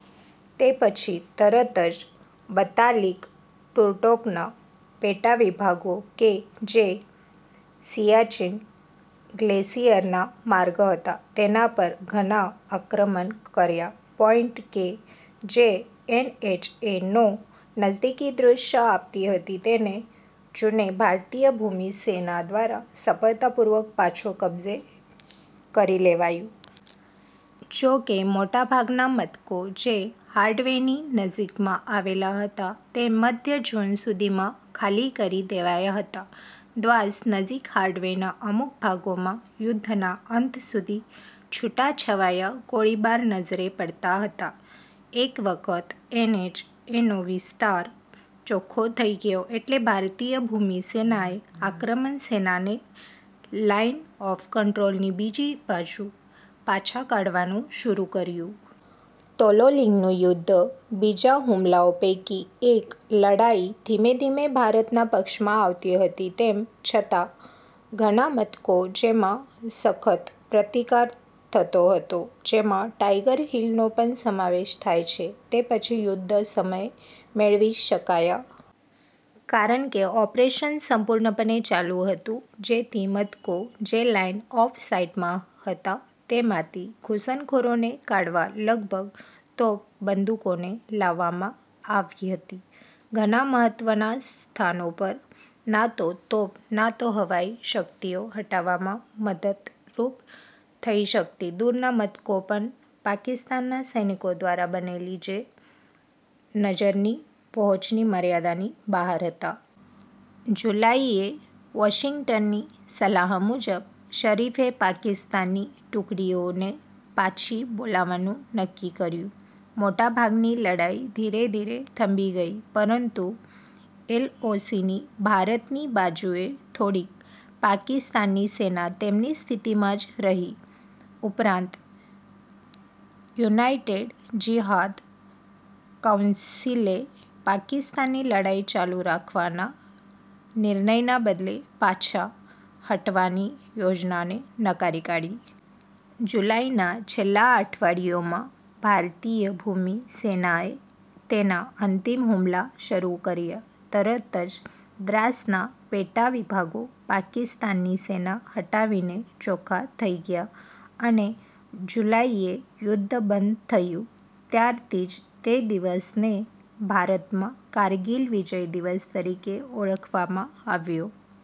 તે પછી તરત જ બતાલીક-ટૂરટોકના પેટાવિભાગો, કે જે સિયાચીન ગ્લેસિયરના માર્ગ હતા, તેના પર ઘણા આક્રમણ કર્યા. પોઈન્ટ કે જે એનએચ એ નો નજદીકી દૃશ્ય આપતી હતી તેને જૂને ભારતીય ભૂમિ સેના દ્વારા સફળતાપૂર્વક પાછો કબજે કરી લેવાયું. જો કે મોટાભાગના મથકો જે હાઈવેની નજીકમાં આવેલા હતા તે મધ્ય જૂન સુધીમાં ખાલી કરી દેવાયા હતા, દ્વાસ નજીક હાઇવેના અમુક ભાગોમાં યુદ્ધના અંત સુધી છૂટાછવાયા ગોળીબાર નજરે પડતા હતા. એક વખત એનએચ એનો વિસ્તાર ચોખ્ખો થઈ ગયો, એટલે ભારતીય ભૂમિ સેનાએ આક્રમણ સેનાને લાઈન ઓફ કંટ્રોલની બીજી બાજુ પાછા કાઢવાનું શરૂ કર્યું. તોલોલીંગનું યુદ્ધ, બીજા હુમલાઓ પૈકી એક, લડાઈ ધીમેધીમે ભારતના પક્ષમાં આવતી હતી. તેમ છતાં, ઘણા મથકો જેમાં સખત પ્રતિકાર થતો હતો, જેમાં ટાઈગર હીલ નો પણ સમાવેશ થાય છે, તે પછી યુદ્ધ સમયે મેળવી શકાયા. કારણ કે ઓપરેશન સંપૂર્ણપણે ચાલું હતું જેથી, મથકો જે લાઇન-ઓફ-સાઇટમાં હતા તેમાંથી ઘુસણખોરોને કાઢવા લગભગ તોપ બંદુકોને લાવવામાં આવી હતી. ઘણા મહત્વના સ્થાનો પર, ના તો તોપ ના તો હવાઈ શકિતઓ હટાવવામાં મદદરૂપ થઈ શકતી, દૂરના મથકો પણ પાકિસ્તાનના સૈનિકો દ્વારા બનેલી જે નજરની પહોંચની મર્યાદાની બહાર હતા. જુલાઈ એ, વોશીંગ્ટનની સલાહ મુજબ, શરીફે પાકિસ્તાનની ટુકડીઓને પાછી બોલાવવાનું નક્કી કર્યું, મોટાભાગની લડાઈ ધીરે ધીરે થંભી ગઈ, પરંતુ એલઓસીની ભારતની બાજુએ થોડીક પાકિસ્તાનની સેના તેમની સ્થિતિમાં જ રહી. ઉપરાંત, યુનાઈટેડ જીહાદ કાઉન્સીલે પાકિસ્તાનની લડાઈ ચાલુ રાખવાના નિર્ણયના બદલે, પાછા હટવાની યોજનાને નકારી કાઢી. જુલાઈના છેલ્લા અઠવાડિયાઓમાં ભારતીય ભૂમિ સેનાએ તેના અંતિમ હુમલા શરૂ કર્યા, તરત જ દ્રાસના પેટાવિભાગો પાકિસ્તાનની સેના હટાવીને ચોખ્ખા થઈ ગયા, અને જુલાઈએ યુદ્ધ બંધ થયું. ત્યારથી જ તે દિવસને ભારતમાં કારગીલ વિજય દિવસ તરીકે ઓળખાવવામાં આવ્યો.